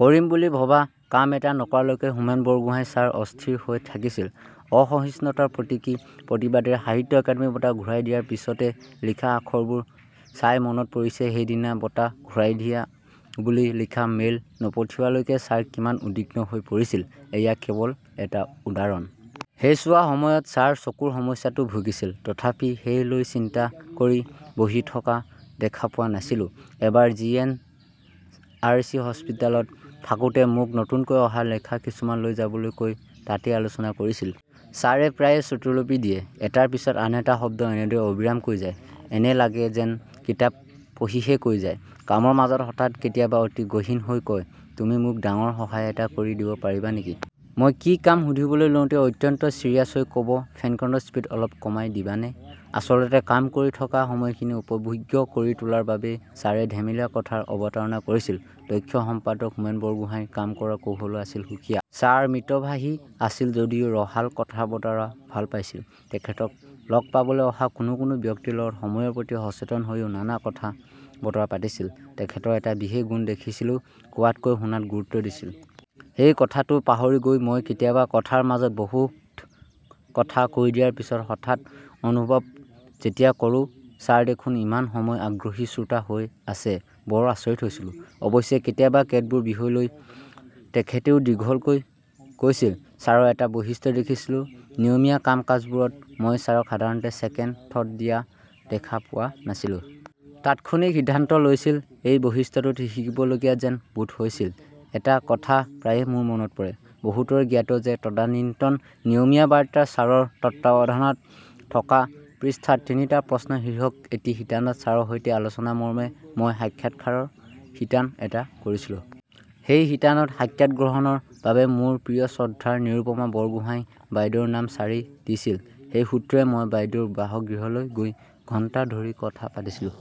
কৰিম বুলি ভবা কাম এটা নকৰালৈকে হোমেন বৰগোহাঞি ছাৰ অস্থিৰ হৈ থাকিছিল৷ অসহিষ্ণুতাৰ প্ৰতীকী প্ৰতিবাদেৰে সাহিত্য অকাডেমি বঁটা ঘূৰাই দিয়াৰ পিছতে লিখা আখৰবোৰ চাই মনত পৰিছে সেইদিনা বঁটা ঘূৰাই দিয়া বুলি লিখা মেইল নপঠিওৱালৈকে ছাৰ কিমান উদ্বিগ্ন হৈ পৰিছিল৷ এয়া কেৱল এটা উদাৰণ। সেইছোৱা সময়ত ছাৰ চকুৰ সমস্যাতো ভুগিছিল। তথাপি সেই লৈ চিন্তা কৰি বহি থকা দেখা পোৱা নাছিলোঁ। এবাৰ জি এন আৰ চি হাস্পতালত থাকোতে মোক নতুনকৈ অহা লেখা কিছুমান লৈ যাবলৈ কৈ তাতেই আলোচনা কৰিছিল। ছাৰে প্ৰায়ে শ্ৰুতলিপি দিয়ে, এটাৰ পিছত আন এটা শব্দ এনেদৰে অবিৰাম কৈ যায়, এনে লাগে যেন কিতাপ পঢ়িহে কৈ যায়। কামৰ মাজত হঠাৎ কেতিয়াবা অতি গহীন হৈ কয়, তুমি মোক ডাঙৰ সহায় এটা কৰি দিব পাৰিবা নেকি? মই কি কাম সুধিবলৈ লওঁতেই অত্যন্ত ছিৰিয়াছ হৈ কব ফেনখনৰ স্পীড অলপ কমাই দিবানে৷ আচলতে কাম কৰি থকা সময়খিনি উপভোগ্য কৰি তোলাৰ বাবেই ছাৰে ধেমেলীয়া কথাৰ অবতাৰণা কৰিছিল। দক্ষ সম্পাদক হোমেন বৰগোহাঞিৰ কাম কৰাৰ কৌশলো আছিল সুকীয়া। ছাৰ মিতভাষী আছিল যদিও ৰসাল কথাবতৰা ভাল পাইছিল। তেখেতক লগ পাবলৈ অহা কোনো কোনো ব্যক্তিৰ লগত সময়ৰ প্ৰতি সচেতন হৈয়ো নানা কথা বতৰা পাতিছিল। তেখেতৰ এটা বিশেষ গুণ দেখিছিলোঁ, কোৱাতকৈ শুনাত গুৰুত্ব দিছিল৷ সেই কথাটো পাহৰি গৈ মই কেতিয়াবা কথাৰ মাজত বহুত কথা কৈ দিয়াৰ পিছত হঠাৎ অনুভৱ যেতিয়া কৰোঁ ছাৰ দেখোন ইমান সময় আগ্ৰহী শ্ৰোতা হৈ আছে, বৰ আচৰিত হৈছিলোঁ৷ অৱশ্যে কেতিয়াবা কেতবোৰ বিষয় লৈ তেখেতেও দীঘলকৈ কৈছিল৷ ছাৰৰ এটা বৈশিষ্ট্য দেখিছিলোঁ, নিয়মীয়া কাম কাজবোৰত মই ছাৰক সাধাৰণতে ছেকেণ্ড থট দিয়া দেখা পোৱা নাছিলোঁ। তাৎক্ষণিক সিদ্ধান্ত লৈছিল, এই বৈশিষ্ট্যটো শিকিবলগীয়া যেন বোধ হৈছিল৷ এটা কথা প্ৰায়ে মোৰ মনত পৰে, বহুতৰে জ্ঞাত যে তদানীন্তন নিয়মীয়া বাৰ্তাৰ ছাৰৰ তত্ত্বাৱধানত থকা পৃষ্ঠাত তিনিটা প্ৰশ্ন শীৰ্ষক এটি শিতানত ছাৰৰ সৈতে আলোচনা মৰ্মে মই সাক্ষাৎকাৰৰ শিতান এটা কৰিছিলোঁ। সেই শিতানত সাক্ষাৎগ্ৰহণৰ বাবে মোৰ প্ৰিয় শ্ৰদ্ধাৰ নিৰুপমা বৰগোহাঁঞি বাইদেউৰ নাম ছাৰেই দিছিল৷ সেই সূত্ৰে মই বাইদেউৰ বাসগৃহলৈ গৈ ঘণ্টা ধৰি কথা পাতিছিলোঁ।